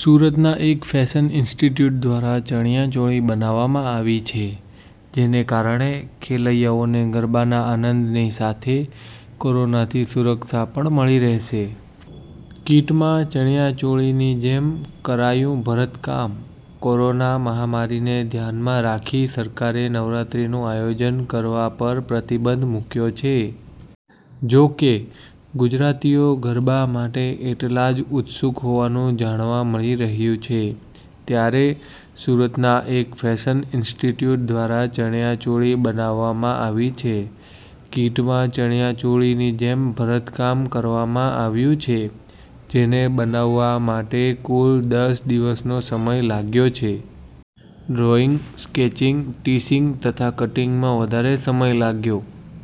સુરતના એક fashion institute દ્વારા ચણીયા ચોળી બનાવવામાં આવી છે. જેને કારણે ખેલૈયાઓને ગરબાનાં આનંદની સાથે કોરોનાથી સુરક્ષા પણ મળી રહેશે. કીટમાં ચણીયા ચોળીની જેમ કરાયું ભરતકામ: કોરોના મહામારીને ધ્યાનમાં રાખી સરકારે નવરાત્રિનું આયોજન કરવાં પર પ્રતિબંધ મૂકયો છે. જો કે, ગુજરાતીઓ ગરબા માટે એટલા જ ઉત્સુક હોવાનું જાણવા મળી રહ્યું છે ત્યારે સુરતનાં એક ફેશન ઈન્સ્ટિટ્યૂટ દ્વારા ચણીયા ચોળી બનાવવામાં આવી છે. કીટમાં ચણીયા ચોળીની જેમ ભરતકામ કરવામાં આવ્યું છે. જેને બનાવવા માટે કુલ દસ દિવસનો સમય લાગ્યો છે. ડ્રોઈંગ, સ્કેચિંગ, ટિશિંગ તથા કટીંગમાં વધારે સમય લાગ્યો: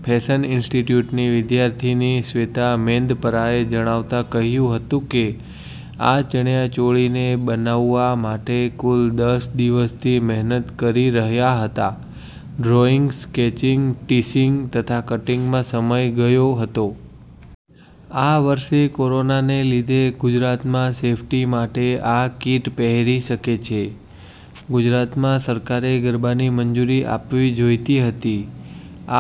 ફેશન ઈન્સ્ટિટ્યૂટની વિદ્યાર્થિની શ્વેતા મેંદપરાએ જણાવતાં કહ્યું હતું કે, આ ચણીયા ચોળીને બનાવવાં માટે કુલ દસ દિવસથી મહેનત કરી રહ્યા હતા. ડ્રોઈંગ, સ્કેચિંગ, ટિશિંગ તથા કટીંગમાં સમય ગયો હતો. આ વર્ષે કોરોનાને લીધે ગુજરાતમાં સેફ્ટી માટે આ કીટ પહેરી શકે છે. ગુજરાતમાં સરકારે ગરબાની મંજુરી આપવી જોઈતી હતી.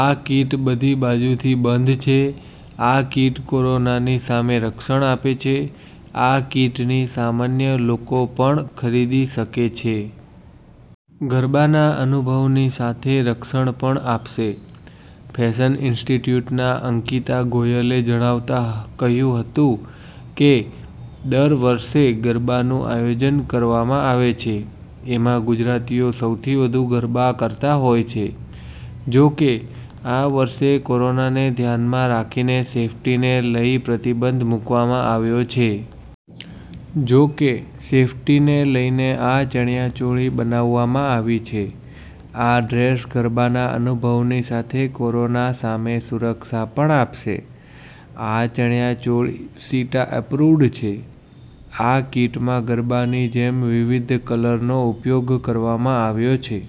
આ કીટ બધી બાજુથી બંધ છે. આ કીટ કોરોનાની સામે રક્ષણ આપે છે. આ કીટની સામાન્ય લોકો પણ ખરીદી કરી શકે છે. ગરબાનાં અનુભવની સાથે રક્ષણ પણ આપશે: ફેશન ઈન્સ્ટિટ્યૂટનાં અંકિતા ગોયલે જણાવતાં કહ્યું હતું કે, દર વર્ષે ગરબાનું આયોજન કરવામાં આવે છે. એમાં ગુજરાતીઓ સૌથી વધુ ગરબા કરતા હોય છે. જો કે, આ વર્ષે કોરોનાને ધ્યાનમાં રાખીને સેફ્ટીને લઈ પ્રતિબંધ મૂકવામાં આવ્યો છે. જો કે, સેફ્ટીને લઈને આ ચણીયા ચોળી બનાવવામાં આવી છે. આ ડ્રેસ ગરબાનાં અનુભવની સાથે કોરોના સામે સુરક્ષા પણ આપશે. આ ચણીયા ચોળી સીટા અપ્રુવ્ડ છે. આ કીટમાં ગરબાની જેમ વિવિધ કલરનો ઉપયોગ કરવામાં આવ્યો છે.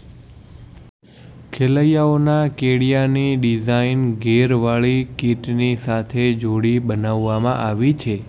ખેલૈયાઓના કેડિયાની ડિઝાઈન, ઘેરવાળી કીટની સાથે જોડી બનાવવામાં આવી છે.